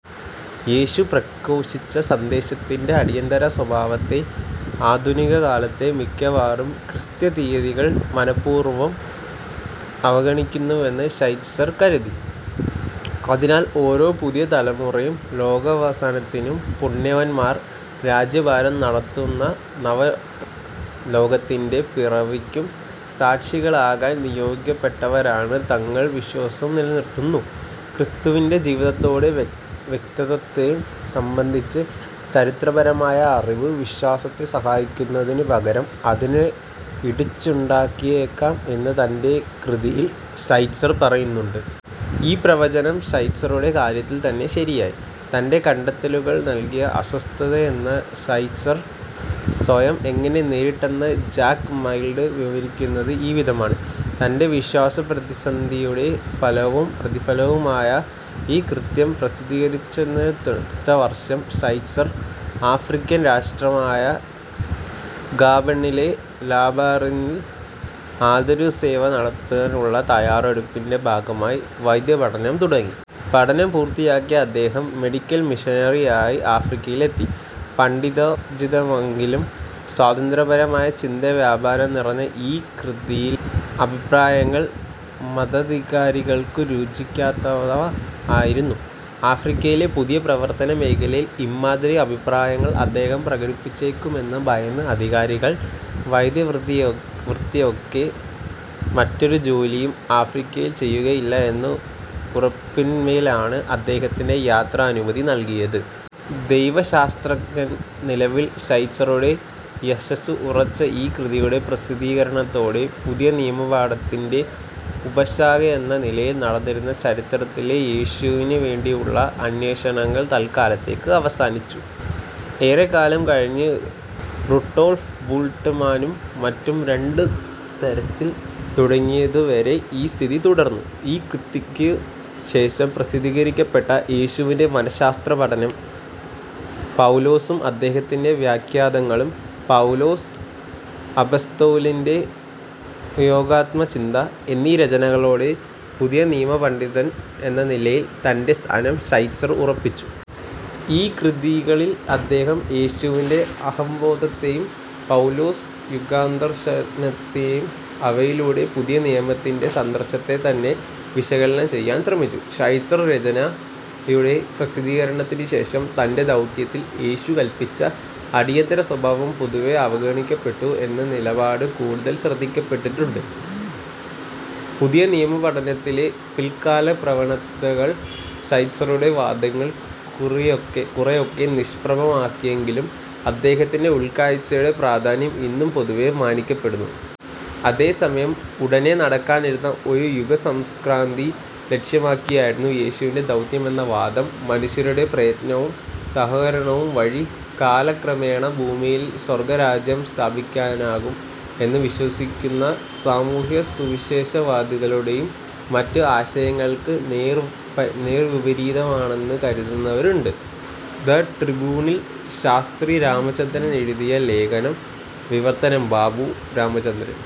യേശു പ്രഘോഷിച്ച സന്ദേശത്തിന്റെ 'അടിയന്തരസ്വഭാവത്തെ' ആധുനികകാലത്തെ മിക്കവാറും ക്രിസ്തീയതകൾ മനഃപൂർവം അവഗണിക്കുന്നുവെന്നും ഷ്വൈറ്റ്സർ കരുതി. അതിനാൽ ഓരോ പുതിയ തലമുറയും ലോകാവസാനത്തിനും, പുണ്യവാന്മാർ രാജ്യഭാരം നടത്തുന്ന നവലോകത്തിന്റെ പിറവിക്കും സാക്ഷികളാകാൻ നിയോഗിക്കപ്പെട്ടവരാണ് തങ്ങളെന്ന വിശ്വാസം നിലനിർത്തുന്നു. ക്രിസ്തുവിന്റെ ജീവിതത്തേയും വ്യക്തിത്വത്തേയും സംബന്ധിച്ച ചരിത്രപരമായ അറിവ്, വിശ്വാസത്തെ സഹായിക്കുന്നതിനു പകരം അതിന് ഇടർച്ചയുണ്ടാക്കിയേക്കാം എന്നു തന്റെ കൃതിയിൽ ഷ്വൈറ്റ്സർ പറയുന്നുണ്ട്. ഈ പ്രവചനം ഷ്വൈറ്റ്സറുടെ കാര്യത്തിൽ തന്നെ ശരിയായി. തന്റെ കണ്ടെത്തലുകൾ നൽകിയ അസ്വസ്തതയെ ഷ്വൈറ്റ്സർ സ്വയം എങ്ങനെ നേരിട്ടെന്ന് ജാക്ക് മൈൽസ് വിവരിക്കുന്നത് ഈ വിധമാണ്:- തന്റെ വിശ്വാസപ്രതിസന്ധിയുടെ ഫലവും പ്രതിഫലനവുമായ ഈ കൃതി പ്രസിദ്ധീകരിച്ചതിനടുത്ത വർഷം ഷ്വൈറ്റ്സർ, ആഫ്രിക്കൻ രാഷ്ട്രമായ ഗാബണിലെ ലാംബറീനിൽ ആതുരസേവ നടത്താനുള്ള തയ്യാറെടുപ്പിന്റെ ഭാഗമായി വൈദ്യപഠനം തുടങ്ങി. പഠനം പൂർത്തിയാക്കിയ അദ്ദേഹം "മെഡിക്കൽ മിഷനറി" ആയി ആഫ്രിക്കയിലെത്തി. പണ്ഡിതോചിതമെങ്കിലും സ്വതന്ത്രമായ ചിന്താവ്യാപാരം നിറഞ്ഞ ഈ കൃതിയിലെ അഭിപ്രായങ്ങൾ മതാധികാരികൾക്കു രുചിക്കാത്തവ ആയിരുന്നു. ആഫ്രിക്കയിലെ പുതിയ പ്രവർത്തനമേഖലയിലും ഇമ്മാതിരി അഭിപ്രായങ്ങൾ അദ്ദേഹം പ്രകടിപ്പിച്ചേക്കുമെന്നു ഭയന്ന അധികാരികൾ, വൈദ്യവൃത്തിയൊഴികെ മറ്റൊരു ജോലിയും ആഫ്രിക്കയിൽ ചെയ്യുകയില്ല എന്ന ഉറപ്പിന്മേലാണ് അദ്ദേഹത്തിനു യാത്രാനുമതി നൽകിയത്. ദൈവശാസ്ത്രജ്ഞനെന്ന നിലയിൽ ഷ്വൈറ്റ്സറുടെ യശ്ശഃസ് ഉറപ്പിച്ച ഈ കൃതിയുടെ പ്രസിദ്ധീകരണത്തോടെ, പുതിയനിയമപഠത്തിന്റെ ഉപശാഖയെന്ന നിലയിൽ നടന്നിരുന്ന ചരിത്രത്തിലെ യേശുവിനു വേണ്ടിയുള്ള അന്വേഷണങ്ങൾ തൽക്കാലത്തേക്ക് അവസാനിച്ചു. ഏറെക്കാലം കഴിഞ്ഞ് റുഡോൾഫ് ബുൾട്ട്മാനും മറ്റും "രണ്ടാം തെരച്ചിൽ" തുടങ്ങുന്നതു വരെ ഈ സ്ഥിതി തുടർന്നു. ഈ കൃതിക്കു ശേഷം പ്രസിദ്ധീകരിക്കപ്പെട്ട "യേശുവിന്റെ മനഃശാസ്ത്രപഠനം", "പൗലോസും അദ്ദേഹത്തിന്റെ വ്യാഖ്യാതാക്കളും", "പൗലോസ് അപ്പസ്തോലന്റെ യോഗാത്മചിന്ത" എന്നീ രചനകളോടെ പുതിയനിയമപണ്ഡിതൻ എന്ന നിലയിലുള്ള തന്റെ സ്ഥാനം ഷ്വൈറ്റ്സർ ഉറപ്പിച്ചു. ഈ കൃതികളിൽ അദ്ദേഹം, യേശുവിന്റെ അഹംബോധത്തേയും, പൗലോസിന്റെ യുഗാന്തദർശനത്തേയും അവയിലൂടെ പുതിയനിയമത്തിന്റെ സന്ദേശത്തെ തന്നെയും വിശകലനം ചെയ്യാൻ ശ്രമിച്ചു. ഷ്വൈറ്റ്സറുടെ രചനയുടെ പ്രസിദ്ധീകരണത്തിനു ശേഷം, തന്റെ ദൗത്യത്തിനു യേശു കല്പിച്ച 'അടിയന്തരസ്വഭാവം' പൊതുവേ അവഗണിക്കപ്പെട്ടു എന്ന നിലപാട് കൂടുതൽ ശ്രദ്ധിക്കപ്പെട്ടിട്ടുണ്ട്. പുതിയനിയമപഠനത്തിലെ പിൽക്കാലപ്രവണതകൾ ഷ്വൈറ്റ്സറുടെ വാദങ്ങളെ കുറെയൊക്കെ നിഷ്പ്രഭമാക്കിയെങ്കിലും അദ്ദേഹത്തിന്റെ ഉൾക്കാഴ്ചയുടെ പ്രാധാന്യം ഇന്നും പൊതുവേ മാനിക്കപ്പെടുന്നു. അതേസമയം, ഉടനേ നടക്കാനിരുന്ന ഒരു യുഗസംക്രാന്തി ലക്ഷ്യമാക്കിയായിരുന്നു യേശുവിന്റെ ദൗത്യം എന്ന വാദം, മനുഷ്യരുടെ പ്രയത്നവും സഹകരണവും വഴി കാലക്രമേണ ഭൂമിയിൽ സ്വർഗ്ഗരാജ്യം സ്ഥാപിക്കാനാകും എന്നു വിശ്വസിക്കുന്ന സാമൂഹ്യ സുവിശേഷവാദികളുടേയും മറ്റും ആശയങ്ങൾക്ക് നേർവിപരീതമാണെന്നു കരുതുന്നവരുണ്ട്. ദി ട്രിബ്യൂണിൽ ശാസ്ത്രി രാമചന്ദ്രൻ എഴുതിയ ലേഖനം. വിവർത്തനം: ബാബു രാമചന്ദ്രൻ.